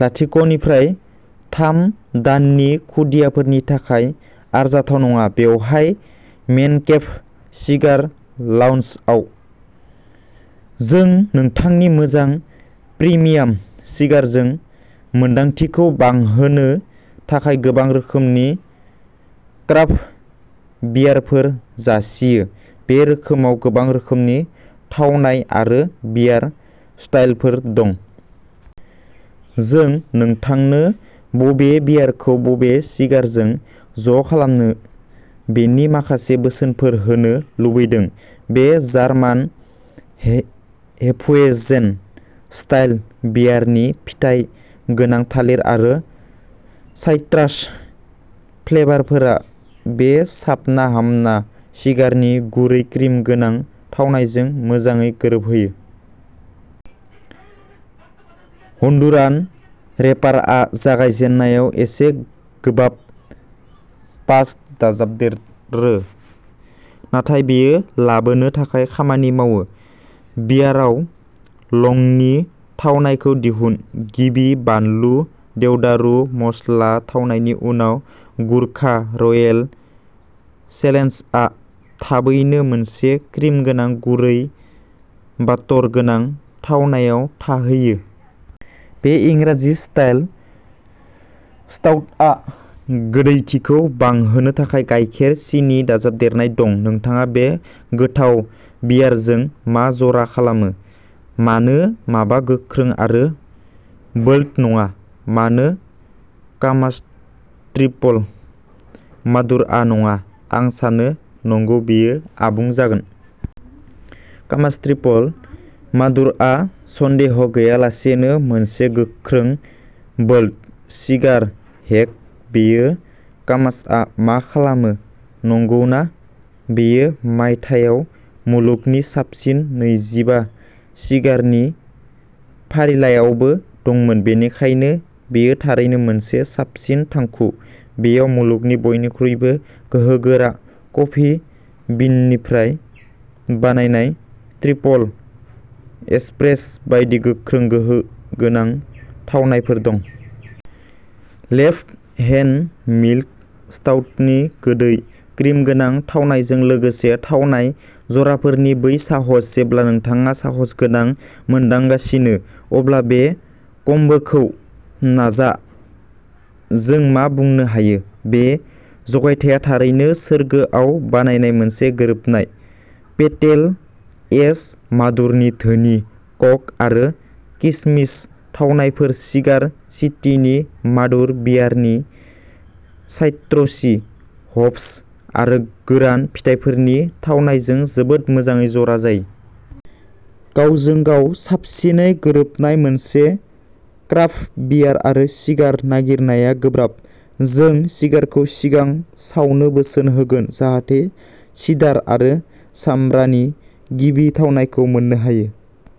लाथिक' निफ्राय थाम दाननि खुदियाफोरनि थाखाय आरजाथाव नङा। बेवहाय मेनकेभ सिगार लाउन्जआव जों नोंथांनि मोजां प्रिमियाम सिगारजों मोन्दांथिखौ बांहोनो थाखाय गोबां रोखोमनि क्राफ्ट बियारफोर जासियो। बे रोखोमाव गोबां रोखोमनि थावनाय आरो बियार स्टाइलफोर दं। जों नोंथांनो बबे बियारखौ बबे सिगारजों ज' खालामनो बेनि माखासे बोसोनफोर होनो लुबैदों। बे जार्मान हेफुइजेन स्टाइल बियारनि फिथाइ गोनां थालिर आरो साइट्रास फ्लेभारफोरा बे साबना हामना सिगारनि गुरै क्रिम गोनां थावनायजों मोजाङै गोरोबहोयो। हन्डुरान रेपारआ जागायजेननायाव एसे गोबाब पाञ्च दाजाबदेरो, नाथाय बेयो लाबोनो थाखाय खामानि मावो। बियाराव लंनि थावनायखौ दिहुन। गिबि बानलु देवदारु मस्ला थावनायनि उनाव गुर्खा रयेल चेलेन्जआ थाबैनो मोनसे क्रिमगोनां, गुरै, बाटर गोनां थावनायाव थाहैयो। बे इंराजि स्टाइल स्टाउटआव गोदैथिखौ बांहोनो थाखाय गाइखेर सिनि दाजाबदेरनाय दं। नोंथाङा बे गोथाव बियारजों मा जरा खालामो? मानो माबा गोख्रों आरो बोल्द नङा? मानो कामाच'ट्रिपल मादुर'आ नङा? आं सानो, नंगौ बेयो आबुं जागोन। कामाच'ट्रिपल मादुर'आ सन्देह गैयालासेनो मोनसे गोख्रों बोल्द सिगार। हेक बेयो। कामाच'आ मा खालामो, नंगौना? बेयो मायथाइयाव मुलुगनि साबसिन नैजिबा सिगारनि फारिलाइआवबो दंमोन, बेनिखायनो बेयो थारैनो मोनसे साबसिन थांखु। बेयाव मुलुगनि बयनिख्रुइबो गोहोगोरा कफि बिननिफ्राय बानायनाय ट्रिपल एस्प्रेस' बायदि गोख्रों गोहोगोनां थावनायफोर दं। लेफ्ट हेन्ड मिल्क स्टाउटनि गोदै, क्रिम गोनां थावनायजों लोगोसे थावनाय जराफोरनि बै साहस। जेब्ला नोंथाङा साहसगोनां मोनदांगासिनो, अब्ला बे कम्बोखौ नाजा। जों मा बुंनो हायो? बे जगायथाया थारैनो सोरगोआव बानायनाय मोनसे गोरोबनाय। पेटेल एज मादुर'नि धोनि क'क' आरो किसमिस थावनायफोर सिगार सिटीनि मादुर बियारनि साइट्रसि हप्स आरो गोरान फिथाइफोरनि थावनायजों जोबोद मोजाङै जरा जायो। गावजों गाव साबसिनै गोरोबनाय मोनसे क्राफ्ट बियार आरो सिगार नागिरनाया गोब्राब। जों सिगारखौ सिगां सावनो बोसोन होगोन जाहाथे सिडार आरो सामब्रानि गिबि थावनायखौ मोननो हायो।